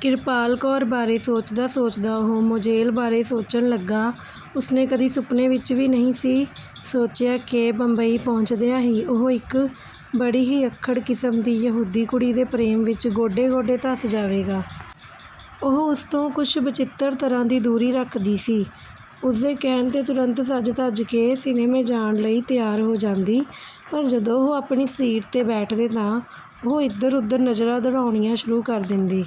ਕਿਰਪਾਲ ਕੌਰ ਬਾਰੇ ਸੋਚਦਾ-ਸੋਚਦਾ ਉਹ ਮੋਜ਼ੇਲ ਬਾਰੇ ਸੋਚਣ ਲੱਗਾ। ਉਸਨੇ ਕਦੀ ਸੁਪਨੇ ਵਿਚ ਵੀ ਨਹੀਂ ਸੀ ਸੋਚਿਆ ਕਿ ਬੰਬਈ ਪਹੁੰਚਦਿਆਂ ਹੀ ਉਹ ਇਕ ਬੜੀ ਹੀ ਅੱਖੜ ਕਿਸਮ ਦੀ ਯਹੂਦੀ ਕੁੜੀ ਦੇ ਪ੍ਰੇਮ ਵਿਚ 'ਗੋਡੇ-ਗੋਡੇ' ਧਸ ਜਾਵੇਗਾ। ਉਹ ਉਸ ਤੋਂ ਕੁਛ ਵਚਿੱਤਰ ਤਰ੍ਹਾਂ ਦੀ ਦੂਰੀ ਰੱਖਦੀ ਸੀ। ਉਸਦੇ ਕਹਿਣ 'ਤੇ ਤੁਰੰਤ ਸਜ-ਧਜ ਕੇ ਸਿਨੇਮੇ ਜਾਣ ਲਈ ਤਿਆਰ ਹੋ ਜਾਂਦੀ, ਪਰ ਜਦੋਂ ਉਹ ਆਪਣੀ ਸੀਟ 'ਤੇ ਬੈਠਦੇ ਤਾਂ ਉਹ ਇਧਰ-ਉਧਰ ਨਜ਼ਰਾਂ ਦੌੜਾਉਣੀਆਂ ਸ਼ੁਰੂ ਕਰ ਦਿੰਦੀ।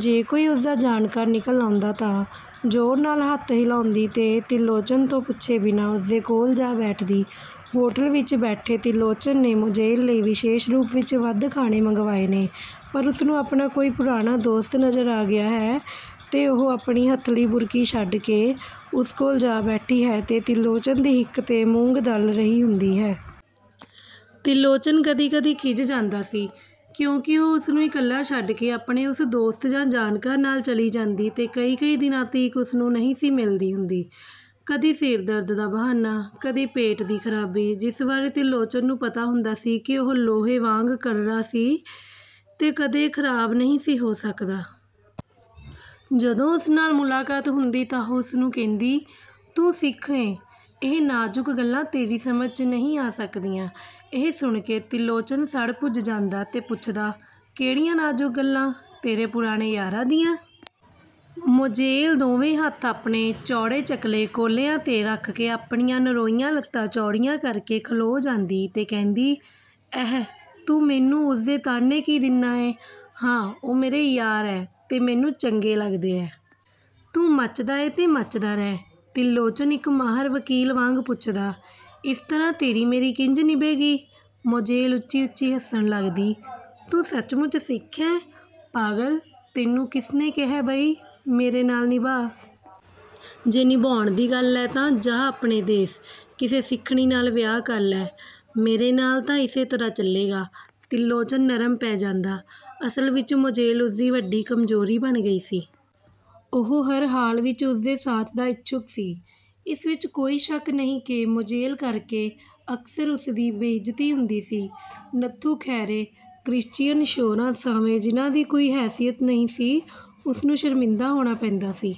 ਜੇ ਕੋਈ ਉਸਦਾ ਜਾਣਕਾਰ ਨਿਕਲ ਆਉਂਦਾ ਤਾਂ ਜ਼ੋਰ ਨਾਲ ਹੱਥ ਹਿਲਾਉਂਦੀ ਤੇ ਤਿਰਲੋਚਨ ਤੋਂ ਪੁੱਛੇ ਬਿਨਾਂ ਉਸਦੇ ਕੋਲ ਜਾ ਬੈਠਦੀ। ਹੋਟਲ ਵਿਚ ਬੈਠੇ ਤਿਰਲੋਚਨ ਨੇ ਮੋਜ਼ੇਲ ਲਈ ਵਿਸ਼ੇਸ਼ ਰੂਪ ਵਿਚ ਵੱਧ ਖਾਣੇ ਮੰਗਵਾਏ ਨੇ, ਪਰ ਉਸਨੂੰ ਆਪਣਾ ਕੋਈ ਪੁਰਾਣਾ ਦੋਸਤ ਨਜ਼ਰ ਆ ਗਿਆ ਹੈ ਤੇ ਉਹ ਆਪਣੀ ਹੱਥਲੀ ਬੁਰਕੀ ਛੱਡ ਕੇ ਉਸ ਕੋਲ ਜਾ ਬੈਠੀ ਹੈ ਤੇ ਤਿਰਲੋਚਨ ਦੀ ਹਿੱਕ 'ਤੇ ਮੂੰਗ ਦਲ ਰਹੀ ਹੁੰਦੀ ਹੈ। ਤਿਰਲੋਚਨ ਕਦੀ-ਕਦੀ ਖਿਝ ਜਾਂਦਾ ਸੀ, ਕਿਉਂਕਿ ਉਹ ਉਸਨੂੰ ਇਕੱਲਾ ਛੱਡ ਕੇ ਆਪਣੇ ਉਸ ਦੋਸਤ ਜਾਂ ਜਾਣਕਾਰ ਨਾਲ ਚਲੀ ਜਾਂਦੀ ਤੇ ਕਈ-ਕਈ ਦਿਨਾਂ ਤੀਕ ਉਸਨੂੰ ਨਹੀਂ ਸੀ ਮਿਲਦੀ ਹੁੰਦੀ। ਕਦੀ ਸਿਰ ਦਰਦ ਦਾ ਬਹਾਨਾ, ਕਦੀ ਪੇਟ ਦੀ ਖਰਾਬੀ, ਜਿਸ ਬਾਰੇ ਤਿਰਲੋਚਨ ਨੂੰ ਪਤਾ ਹੁੰਦਾ ਸੀ ਕਿ ਉਹ ਲੋਹੇ ਵਾਂਗ ਕਰੜਾ ਸੀ ਤੇ ਕਦੀ ਖਰਾਬ ਨਹੀਂ ਸੀ ਹੋ ਸਕਦਾ। ਜਦੋਂ ਉਸ ਨਾਲ ਮੁਲਾਕਾਤ ਹੁੰਦੀ ਤਾਂ ਉਹ ਉਸਨੂੰ ਕਹਿੰਦੀ, 'ਤੂੰ ਸਿੱਖ ਏਂ' ਇਹ ਨਾਜ਼ੁਕ ਗੱਲਾਂ ਤੇਰੀ ਸਮਝ 'ਚ ਨਹੀਂ ਆ ਸਕਦੀਆਂ। " ਇਹ ਸੁਣ ਕੇ ਤਿਰਲੋਚਨ ਸੜ-ਭੁੱਜ ਜਾਂਦਾ ਤੇ ਪੁੱਛਦਾ। "ਕਿਹੜੀਆਂ ਨਾਜ਼ੁਕ ਗੱਲਾਂ, ਤੇਰੇ ਪੁਰਾਣੇ ਯਾਰਾਂ ਦੀਆਂ? " ਮੋਜ਼ੇਲ ਦੋਵੇਂ ਹੱਥ ਆਪਣੇ ਚੌੜੇ-ਚਕਲੇ ਕੁਹਲਿਆਂ 'ਤੇ ਰੱਖ ਕੇ ਆਪਣੀਆਂ ਨਰੋਈਆਂ ਲੱਤਾਂ ਚੌੜੀਆਂ ਕਰਕੇ ਖਲੋਂ ਜਾਂਦੀ ਤੇ ਕਹਿੰਦੀ, "ਅਹਿ ਤੂੰ ਮੈਨੂੰ ਉਸਦੇ ਤਾਹਣੇ ਕੀ ਦਿੰਦਾ ਏਂ! ਹਾਂ, ਉਹ ਮੇਰੇ ਯਾਰ ਐ, ਤੇ ਮੈਨੂੰ ਚੰਗੇ ਲੱਗਦੇ ਐ। ਤੂੰ ਮੱਚਦਾ ਏਂ ਤੇ ਮੱਚਦਾ ਰਹਿ। "ਤਿਰਲੋਚਨ ਇਕ ਮਾਹਰ ਵਕੀਲ ਵਾਂਗ ਪੁੱਛਦਾ, "ਇਸ ਤਰ੍ਹਾਂ ਤੇਰੀ-ਮੇਰੀ ਕਿੰਜ ਨਿਭੇਗੀ? " ਮੋਜ਼ੇਲ ਉੱਚੀ-ਉੱਚੀ ਹੱਸਣ ਲੱਗਦੀ, "ਤੂੰ ਸੱਚਮੁੱਚ ਸਿੱਖ ਐਂ! ਪਾਗਲ, ਤੈਨੂੰ ਕਿਸੇ ਨੇ ਕਿਹੇ ਬਈ ਮੇਰੇ ਨਾਲ ਨਿਭਾਅ? ਜੇ ਨਿਭਾਉਣ ਦੀ ਗੱਲ ਐ ਤਾਂ ਜਾਹ ਆਪਣੇ ਦੇਸ। ਕਿਸੇ ਸਿੱਖਣੀ ਨਾਲ ਵਿਆਹ ਕਰ ਲੈ। ਮੇਰੇ ਨਾਲ ਤਾਂ ਇਸੇ ਤਰ੍ਹਾਂ ਚੱਲੇਗਾ। " ਤਿਰਲੋਚਨ ਨਰਮ ਪੈ ਜਾਂਦਾ। ਅਸਲ ਵਿਚ ਮੋਜ਼ੇਲ ਉਸਦੀ ਵੱਡੀ ਕਮਜ਼ੋਰੀ ਬਣ ਗਈ ਸੀ। ਉਹ ਹਰ ਹਾਲ ਵਿਚ ਉਸਦੇ ਸਾਥ ਦਾ ਇਛੁੱਕ ਸੀ। ਇਸ ਵਿਚ ਕੋਈ ਸ਼ੱਕ ਨਹੀਂ ਕਿ ਮੋਜ਼ੇਲ ਕਰਕੇ ਅਕਸਰ ਉਸਦੀ ਬੇਇੱਜ਼ਤੀ ਹੁੰਦੀ ਸੀ। ਨੱਥੂ ਖੈਰੇ ਕਰਿਸ਼ਚੀਅਨ ਛੋਹਰਾਂ ਸਾਹਵੇਂ ਜਿਹਨਾਂ ਦੀ ਕੋਈ ਹੈਸੀਅਤ ਨਹੀਂ ਸੀ, ਉਸਨੂੰ ਸ਼ਰਮਿੰਦਾ ਹੋਣਾ ਪੈਂਦਾ ਸੀ।